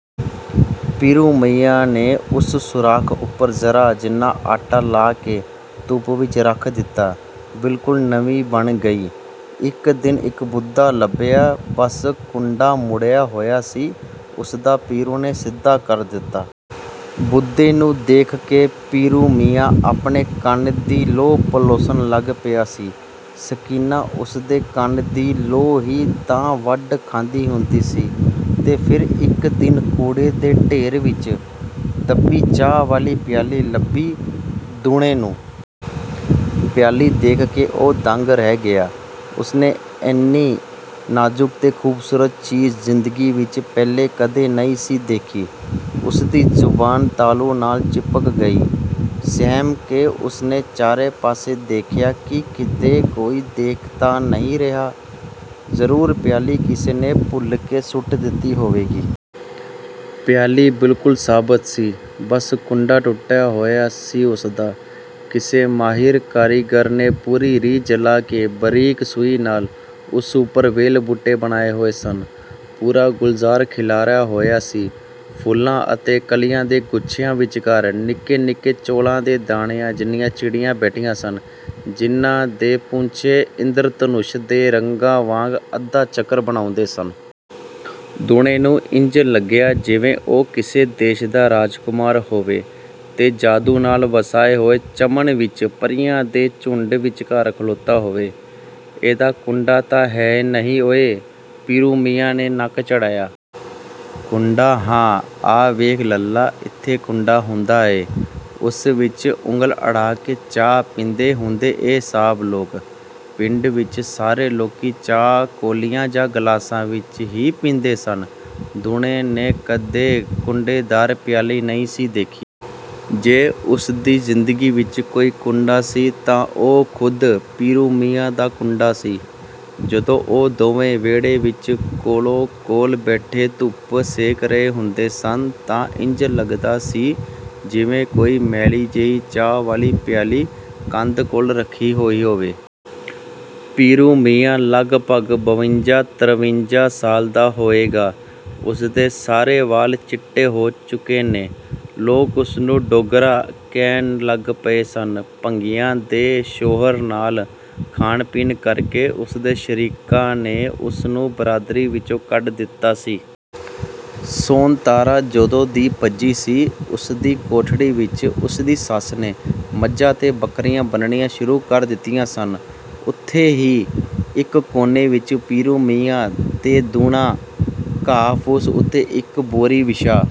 ਪੀਰੂ ਮੀਆਂ ਨੇ ਉਸ ਸੁਰਾਖ਼ ਉੱਪਰ ਜ਼ਰਾ ਜਿੰਨਾ ਆਟਾ ਲਾ ਕੇ ਧੁੱਪ ਵਿੱਚ ਰੱਖ ਦਿੱਤਾ ਬਿਲਕੁਲ ਨਵੀਂ ਬਣ ਗਈ। ਇੱਕ ਦਿਨ ਇੱਕ ਬੁਦਾ ਲੱਭਿਆ, ਬੱਸ ਕੁੰਡਾ ਮੁੜਿਆ ਹੋਇਆ ਸੀ ਉਸਦਾ ਪੀਰੂ ਨੇ ਸਿੱਧਾ ਕਰ ਦਿੱਤਾ। ਬੁਦੇ ਨੂੰ ਦੇਖ ਕੇ ਪੀਰੂ ਮੀਆਂ ਆਪਣੇ ਕੰਨ ਦੀ ਲੌ ਪਲੋਸਣ ਲੱਗ ਪਿਆ ਸੀ। ਸਕੀਨਾ ਉਸਦੇ ਕੰਨ ਦੀ ਲੌ ਹੀ ਤਾਂ ਵੱਢ ਖਾਂਦੀ ਹੁੰਦੀ ਸੀ। ਤੇ ਫਿਰ ਇੱਕ ਦਿਨ ਕੂੜੇ ਦੇ ਢੇਰ ਵਿੱਚ ਦੱਬੀ ਚਾਹ ਵਾਲੀ ਪਿਆਲੀ ਲੱਭੀ ਦੂਣੇ ਨੂੰ। ਪਿਆਲੀ ਦੇਖ ਕੇ ਉਹ ਦੰਗ ਰਹਿ ਗਿਆ। ਉਸਨੇ ਏਨੀ ਨਾਜ਼ੁਕ ਤੇ ਖੂਬਸੂਰਤ ਚੀਜ਼ ਜ਼ਿੰਦਗੀ ਵਿੱਚ ਪਹਿਲਾਂ ਕਦੇ ਨਹੀਂ ਸੀ ਦੇਖੀ। ਉਸਦੀ ਜ਼ਬਾਨ ਤਾਲੂ ਨਾਲ ਚਿਪਕ ਗਈ। ਸਹਿਮ ਕੇ ਉਸਨੇ ਚਾਰੇ ਪਾਸੇ ਦੇਖਿਆ ਕਿ ਕਿਤੇ ਕੋਈ ਦੇਖ ਤਾਂ ਨਹੀਂ ਰਿਹਾ, ਜ਼ਰੂਰ ਪਿਆਲੀ ਕਿਸੇ ਨੇ ਭੁੱਲ ਕੇ ਸੁੱਟ ਦਿੱਤੀ ਹੋਏਗੀ। ਪਿਆਲੀ ਬਿਲਕੁਲ ਸਾਬਤ ਸੀ, ਬੱਸ ਕੁੰਡਾ ਟੁੱਟਿਆ ਹੋਇਆ ਸੀ ਉਸਦਾ। ਕਿਸੇ ਮਾਹਿਰ ਕਾਰੀਗਰ ਨੇ ਪੂਰੀ ਰੀਝ ਲਾ ਕੇ ਬਰੀਕ ਸੂਈ ਨਾਲ ਉਸ ਉੱਪਰ ਵੇਲ-ਬੂਟੇ ਬਣਾਏ ਹੋਏ ਸਨ। ਪੂਰਾ ਗੁਲਜ਼ਾਰ ਖਿਲਾਰਿਆ ਹੋਇਆ ਸੀ। ਫੁੱਲਾਂ ਅਤੇ ਕਲੀਆਂ ਦੇ ਗੁੱਛਿਆਂ ਵਿੱਚਕਾਰ, ਨਿੱਕੇ-ਨਿੱਕੇ ਚੌਲਾਂ ਦੇ ਦਾਣਿਆਂ ਜਿੰਨੀਆਂ ਚਿੜੀਆਂ ਬੈਠੀਆਂ ਸਨ, ਜਿਹਨਾਂ ਦੇ ਪੂੰਛੇ ਇੰਦਰਧਨੁਸ਼ ਦੇ ਰੰਗਾਂ ਵਾਂਗ ਅੱਧਾ ਚੱਕਰ ਬਣਾਉਂਦੇ ਸਨ। ਦੂਣੇ ਨੂੰ ਇੰਜ ਲੱਗਿਆ ਜਿਵੇਂ ਉਹ ਕਿਸੇ ਦੇਸ਼ ਦਾ ਰਾਜਕੁਮਾਰ ਹੋਵੇ ਤੇ ਜਾਦੂ ਨਾਲ ਵਸਾਏ ਹੋਏ ਚਮਨ ਵਿੱਚ ਪਰੀਆਂ ਦੇ ਝੁੰਡ ਵਿੱਚਕਾਰ ਖਲੋਤਾ ਹੋਵੇ। "ਇਹਦਾ ਕੁੰਡਾ ਤਾਂ ਹੈ ਨਹੀਂ ਓਏ।" ਪੀਰੂ ਮੀਆਂ ਨੇ ਨੱਕ ਚੜ੍ਹਾਇਆ। "ਕੁੰਡਾ?" "ਹਾਂ, ਆਹ ਵੇਖ ਲੱਲਾ ਇੱਥੇ ਕੁੰਡਾ ਹੁੰਦਾ ਐ। ਉਸ ਵਿੱਚ ਉਂਗਲ ਅੜਾ ਕੇ ਚਾਹ ਪੀਂਦੇ ਹੁੰਦੇ ਐ ਸਾਹਿਬ ਲੋਕ।" ਪਿੰਡ ਵਿੱਚ ਸਾਰੇ ਲੋਕੀ ਚਾਹ ਕੌਲੀਆਂ ਜਾਂ ਗਲਾਸਾਂ ਵਿੱਚ ਹੀ ਪੀਂਦੇ ਸਨ। ਦੂਣੇ ਨੇ ਕਦੇ ਕੁੰਡੇਦਾਰ ਪਿਆਲੀ ਨਹੀਂ ਸੀ ਦੇਖੀ। ਜੇ ਉਸਦੀ ਜ਼ਿੰਦਗੀ ਵਿੱਚ ਕੋਈ ਕੁੰਡਾ ਸੀ ਤਾਂ ਉਹ ਖੁਦ ਪੀਰੂ ਮੀਆਂ ਦਾ 'ਕੁੰਡਾ' ਸੀ। ਜਦੋਂ ਉਹ ਦੋਵੇਂ ਵਿਹੜੇ ਵਿੱਚ ਕੋਲੋ-ਕੋਲ ਬੈਠੇ ਧੁੱਪ ਸੇਕ ਰਹੇ ਹੁੰਦੇ ਸਨ ਤਾਂ ਇੰਜ ਲੱਗਦਾ ਸੀ ਜਿਵੇਂ ਕੋਈ ਮੈਲੀ ਜਿਹੀ ਚਾਹ ਵਾਲੀ ਪਿਆਲੀ ਕੰਧ ਕੋਲ ਰੱਖੀ ਹੋਈ ਹੋਵੇ। ਪੀਰੂ ਮੀਆਂ ਲਗਭਗ ਬਵੰਜਾ-ਤਰਵੰਜਾ ਸਾਲ ਦਾ ਹੋਏਗਾ। ਉਸਦੇ ਸਾਰੇ ਵਾਲ ਚਿੱਟੇ ਹੋ ਚੁੱਕੇ ਨੇ। ਲੋਕ ਉਸਨੂੰ ਡੋਗਰਾ ਕਹਿਣ ਲੱਗ ਪਏ ਸਨ। ਭੰਗੀਆਂ ਦੇ ਛੋਹਰ ਨਾਲ ਖਾਣ-ਪੀਣ ਕਰਕੇ ਉਸਦੇ ਸ਼ਰੀਕਾਂ ਨੇ ਉਸਨੂੰ ਬਰਾਦਰੀ ਵਿੱਚੋਂ ਕੱਢ ਦਿੱਤਾ ਸੀ। ਸੋਨਤਾਰਾ ਜਦੋਂ ਦੀ ਭੱਜੀ ਸੀ, ਉਸਦੀ ਕੋਠੜੀ ਵਿੱਚ ਉਸਦੀ ਸੱਸ ਨੇ ਮੱਝਾਂ ਤੇ ਬੱਕਰੀਆਂ ਬੰਨ੍ਹਣੀਆਂ ਸ਼ੁਰੂ ਕਰ ਦਿੱਤੀਆਂ ਸਨ। ਉੱਥੇ ਹੀ ਇੱਕ ਕੋਨੇ ਵਿੱਚ ਪੀਰੂ ਮੀਆਂ ਤੇ ਦੂਣਾ ਘਾਹ-ਫੂਸ ਉੱਤੇ ਇੱਕ ਬੋਰੀ ਵਿਛਾ